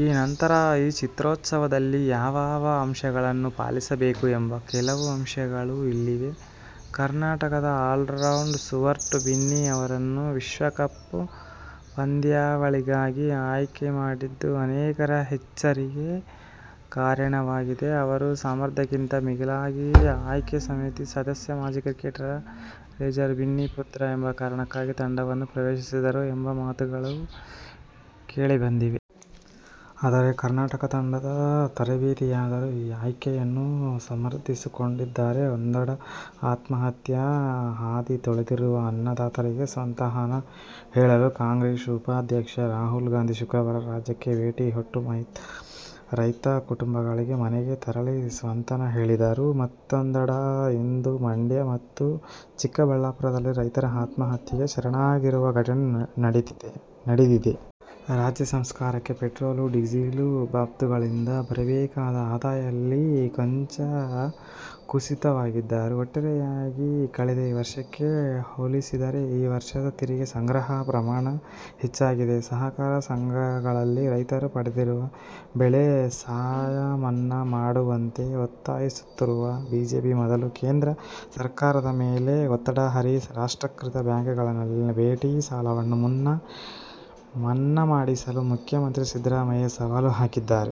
ಆ ನಂತರ ಈ ಚಿತ್ರೋತ್ಸವದಲ್ಲಿ ಯಾವ್ಯಾವ ಅಂಶಗಳನ್ನು ಪಾಲಿಸಬೇಕು ಎಂಬ ಕೆಲವು ಅಂಶಗಳು ಇಲ್ಲಿವೆ. ಕರ್ನಾಟಕದ ಆಲ್ರೌಂಡರ್ ಸ್ಟುವರ್ಟ್ ಬಿನ್ನಿ ಅವರನ್ನು ವಿಶ್ವಕಪ್ ಪಂದ್ಯಾವಳಿಗಾಗಿ ಆಯ್ಕೆ ಮಾಡಿದ್ದು ಅನೇಕರ ಅಚ್ಚರಿಗೆ ಕಾರಣವಾಗಿದೆ. ಅವರು ಸಾಮರ್ಥ್ಯಕ್ಕಿಂತ ಮಿಗಿಲಾಗಿ ಆಯ್ಕೆ ಸಮಿತಿ ಸದಸ್ಯ, ಮಾಜಿ ಕ್ರಿಕೆಟಿಗ ರೋಜರ್ ಬಿನ್ನಿ ಪುತ್ರ ಎಂಬ ಕಾರಣಕ್ಕಾಗಿ ತಂಡವನ್ನು ಪ್ರವೇಶಿಸಿದರು ಎಂಬ ಮಾತುಗಳೂ ಕೇಳಿಬಂದಿವೆ. ಆದರೆ ಕರ್ನಾಟಕ ತಂಡದ ತರಬೇತುದಾರರು ಈ ಆಯ್ಕೆಯನ್ನು ಸಮರ್ಥಿಸಿಕೊಂಡಿದ್ದಾರೆ. ಒಂದೆಡೆ ಆತ್ಮಹತ್ಯೆ ಹಾದಿ ತುಳಿದಿರುವ ಅನ್ನದಾತರಿಗೆ ಸಾಂತ್ವನ ಹೇಳಲು ಕಾಂಗ್ರೆಸ್ ಉಪಾಧ್ಯಕ್ಷ ರಾಹುಲ್ ಗಾಂಧಿ ಶುಕ್ರವಾರ ರಾಜ್ಯಕ್ಕೆ ಭೇಟಿ ಕೊಟ್ಟು ಮೃತ ರೈತ ಕುಟುಂಬಗಳ ಮನೆಗೆ ತೆರಳಿ ಸಾಂತ್ವನ ಹೇಳಿದರು. ಮತ್ತೊಂದೆಡೆ ಇಂದು ಮಂಡ್ಯ ಮತ್ತು ಚಿಕ್ಕಬಳ್ಳಾಪುರದಲ್ಲಿ ರೈತರು ಆತ್ಮಹತ್ಯೆಗೆ ಶರಣಾಗಿರುವ ಘಟನೆ ನಡೆದಿದೆ. ರಾಜ್ಯ ಸರ್ಕಾರಕ್ಕೆ ಪೆಟ್ರೋಲ್, ಡೀಸೆಲ್ ಬಾಬ್ತುಗಳಿಂದ ಬರಬೇಕಾದ ಆದಾಯದಲ್ಲಿ ಕೊಂಚ ಕುಸಿತವಾಗಿದ್ದರೂ ಒಟ್ಟಾರೆಯಾಗಿ ಕಳೆದ ವರ್ಷಕ್ಕೆ ಹೋಲಿಸಿದರೆ ಈ ವರ್ಷದ ತೆರಿಗೆ ಸಂಗ್ರಹ ಪ್ರಮಾಣ ಹೆಚ್ಚಾಗಿದೆ. ಸಹಕಾರ ಸಂಘಗಳಲ್ಲಿ ರೈತರು ಪಡೆದಿರುವ ಬೆಳೆ ಸಾಲ ಮನ್ನಾ ಮಾಡುವಂತೆ ಒತ್ತಾಯಿಸುತ್ತಿರುವ ಬಿಜೆಪಿ ಮೊದಲು ಕೇಂದ್ರ ಸರ್ಕಾರದ ಮೇಲೆ ಒತ್ತಡ ಹೇರಿ ರಾಷ್ಟ್ರೀಕೃತ ಬ್ಯಾಂಕ್ಗಳಲ್ಲಿನ ಬೆಳೆ ಸಾಲವನ್ನು ಮನ್ನಾ ಮಾಡಿಸಲಿ ಮುಖ್ಯಮಂತ್ರಿ ಸಿದ್ದರಾಮಯ್ಯ ಸವಾಲು ಹಾಕಿದ್ದಾರೆ.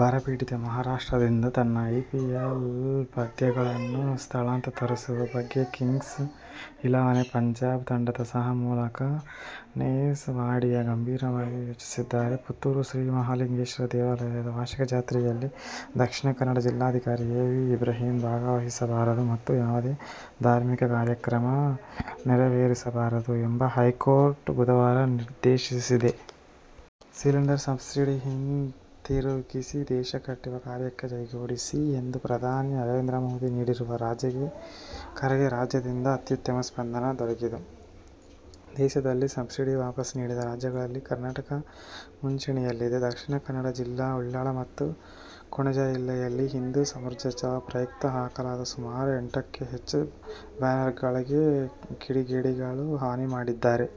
ಬರಪೀಡಿತ ಮಹಾರಾಷ್ಟ್ರದಿಂದ ತನ್ನ ಐಪಿಎಲ್ ಪಂದ್ಯಗಳನ್ನು ಸ್ಥಳಾಂತರಿಸುವ ಬಗ್ಗೆ ಕಿಂಗ್ಸ್ ಇಲೆವೆನ್ ಪಂಜಾಬ್ ತಂಡದ ಸಹ ಮಾಲಕ ನೆಸ್ ವಾಡಿಯಾ ಗಂಭೀರವಾಗಿ ಯೋಚಿಸುತ್ತಿದ್ದಾರೆ. ಪುತ್ತೂರು ಶ್ರೀ ಮಹಾಲಿಂಗೇಶ್ವರ ದೇವಾಲಯದ ವಾರ್ಷಿಕ ಜಾತ್ರೆಯಲ್ಲಿ ದಕ್ಷಿಣ ಕನ್ನಡ ಜಿಲ್ಲಾಧಿಕಾರಿ ಎ. ಬಿ. ಇಬ್ರಾಹಿಂ ಭಾಗವಹಿಸಬಾರದು ಮತ್ತು ಯಾವುದೇ ಧಾರ್ಮಿಕ ಕಾರ್ಯಕ್ರಮ ನೆರವೇರಿಸಬಾರದು ಎಂದು ಹೈಕೋರ್ಟ್ ಬುಧವಾರ ನಿರ್ದೇಶಿಸಿದೆ. "ಸಿಲಿಂಡರ್ ಸಬ್ಸಿಡಿ ಹಿಂತಿರುಗಿಸಿ, ದೇಶ ಕಟ್ಟುವ ಕಾರ್ಯಕ್ಕೆ ಕೈಜೋಡಿಸಿ' ಎಂದು ಪ್ರಧಾನಿ ನರೇಂದ್ರ ಮೋದಿ ನೀಡಿರುವ ಕರೆಗೆ ರಾಜ್ಯದಿಂದ ಅತ್ಯುತ್ತಮ ಸ್ಪಂದನೆ ದೊರಕಿದ್ದು, ದೇಶದಲ್ಲೇ ಸಬ್ಸಿಡಿ ವಾಪಸ್ ನೀಡಿದ ರಾಜ್ಯಗಳಲ್ಲಿ ಕರ್ನಾಟಕ ಮುಂಚೂಣಿಯಲ್ಲಿದೆ. ದಕ್ಷಿಣ ಕನ್ನಡ ಜಿಲ್ಲೆ ಉಳ್ಳಾಲ ಮತ್ತು ಕೊಣಾಜೆಯಲ್ಲಿ ಹಿಂದೂ ಸಮಾಜೋತ್ಸವ ಪ್ರಯುಕ್ತ ಹಾಕಲಾದ ಸುಮಾರು ಎಂಟಕ್ಕೂ ಹೆಚ್ಚು ಬ್ಯಾನರ್ಗಳಿಗೆ ಕಿಡಿಗೇಡಿಗಳು ಹಾನಿ ಮಾಡಿದ್ದಾರೆ.